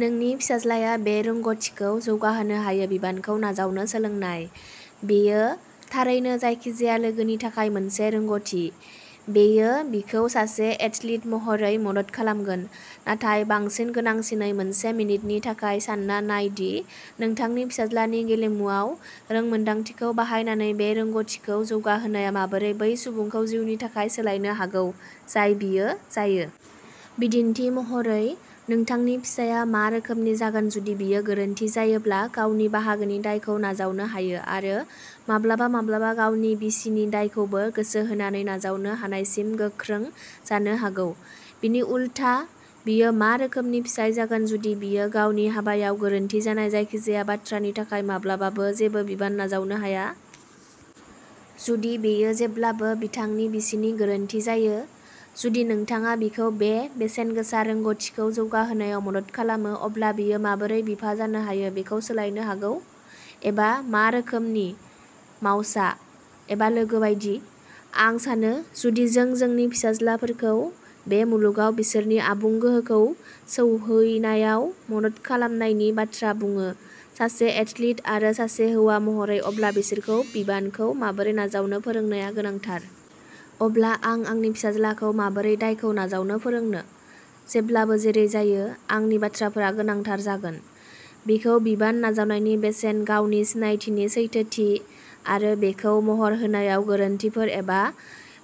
नोंनि फिसाज्लाया बे रोंग'थिखौ जौगाहोनो हायो-बिबानखौ नाजावनो सोलोंनाय। बेयो थारैनो जायखिजाया लोगोनि थाखाय मोनसे रोंग'थि। बेयो बिखौ सासे एथलीट महरै मदद खालामगोन। नाथाय, बांसिन गोनांसिनै, मोनसे मिनिटनि थाखाय सानना नाय दि नोंथांनि फिसाज्लानि गेलेमुआव रोंमोनदांथिखौ बाहायनानै बे रोंग'थिखौ जौगाहोनाया माबोरै बै सुबुंखौ जिउनि थाखाय सोलायनो हागौ जाय बियो जायो। बिदिन्थि महरै, नोंथांनि फिसाया मा रोखोमनि जागोन जुदि बियो गोरोन्थि जायोब्ला गावनि बाहागोनि दायखौ नाजावनो हायो, आरो माब्लाबा माब्लाबा गावनि बिसिनि दायखौबो गोसो होनानै नाजावनो हानायसिम गोख्रों जानो हागौ? बिनि उलथा, बियो मा रोखोमनि फिसाय जागोन जुदि बियो गावनि हाबायाव गोरोन्थि जानाय जायखिजाया बाथ्रानि थाखाय माब्लाबाबो जेबो बिबान नाजावनो हाया? जुदि बेयो जेब्लाबो बिथांनि बिसिनि गोरोन्थि जायो? जुदि नोंथाङा बिखौ बे बेसेनगोसा रोंग'थिखौ जौगाहोनायाव मदद खालामो, अब्ला बियो माबोरै बिफा जानो हायो बेखौ सोलायनो हागौ? एबा मा रोखोमनि। मावसा? एबा लोगो बायदि? आं सानो, जुदि जों जोंनि फिसाज्लाफोरखौ बे मुलुगाव बिसोरनि आबुं गोहोखौ सौहैनायाव मदद खालामनायनि बाथ्रा बुङो, सासे एथलीट आरो सासे हौवा महरै, अब्ला बिसोरखौ बिबानखौ माबोरै नाजावनो फोरोंनाया गोनांथार। अब्ला आं आंनि फिसाज्लाखौ माबोरै दायखौ नाजावनो फोरोंनो? जेब्लाबो जेरै जायो, आंनि बाथ्राफोरा गोनांथार जागोन। बिखौ बिबान नाजावनायनि बेसेन, गावनि सिनायथिनि सैथोथि, आरो बेखौ महर होनायाव गोरोन्थिफोर एबा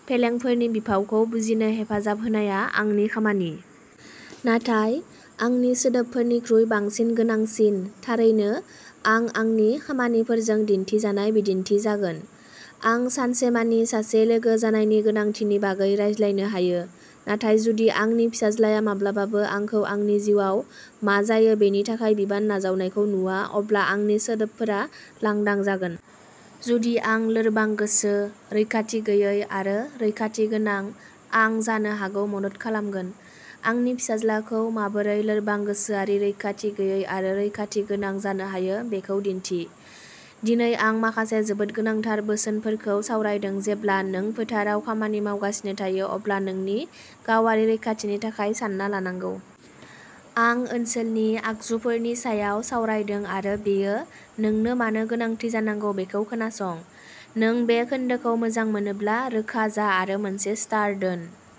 फेलेंफोरनि बिफावखौ बुजिनो हेफाजाब होनाया आंनि खामानि। नाथाय आंनि सोदोबफोरनिख्रुइ बांसिन गोनांसिन, थारैनो, आं आंनि खामानिफोरजों दिन्थिजानाय बिदिन्थि जागोन। आं सानसेमानि सासे लोगो जानायनि गोनांथिनि बागै रायज्लायनो हायो, नाथाय जुदि आंनि फिसाज्लाया माब्लाबाबो आंखौ आंनि जिउआव मा जायो बेनि थाखाय बिबान नाजावनायखौ नुवा, अब्ला आंनि सोदोबफोरा लांदां जागोन। जुदि आं लोरबां-गोसो, रैखाथि गैयै, आरो रैखाथिगोनां, आं जानो हागौ मदद खालामगोन। आंनि फिसाज्लाखौ माबोरै लोरबां गोसोआरि, रैखाथि गैयै आरो रैखाथिगोनां जानो हायो बेखौ दिन्थि। दिनै आं माखासे जोबोद गोनांथार बोसोनफोरखौ सावरायदों, जेब्ला नों फोथाराव खामानि मावगासिनो थायो, अब्ला नोंनि गावारि रैखाथिनि थाखाय सानना लानांगौ। आं ओनसोलनि आगजुफोरनि सायाव सावरायदों आरो बेयो नोंनो मानो गोनांथि जानांगौ बेखौ खोनासं। नों बे खोन्दोखौ मोजां मोनोब्ला, रोखा जा आरो मोनसे "स्टार" दोन।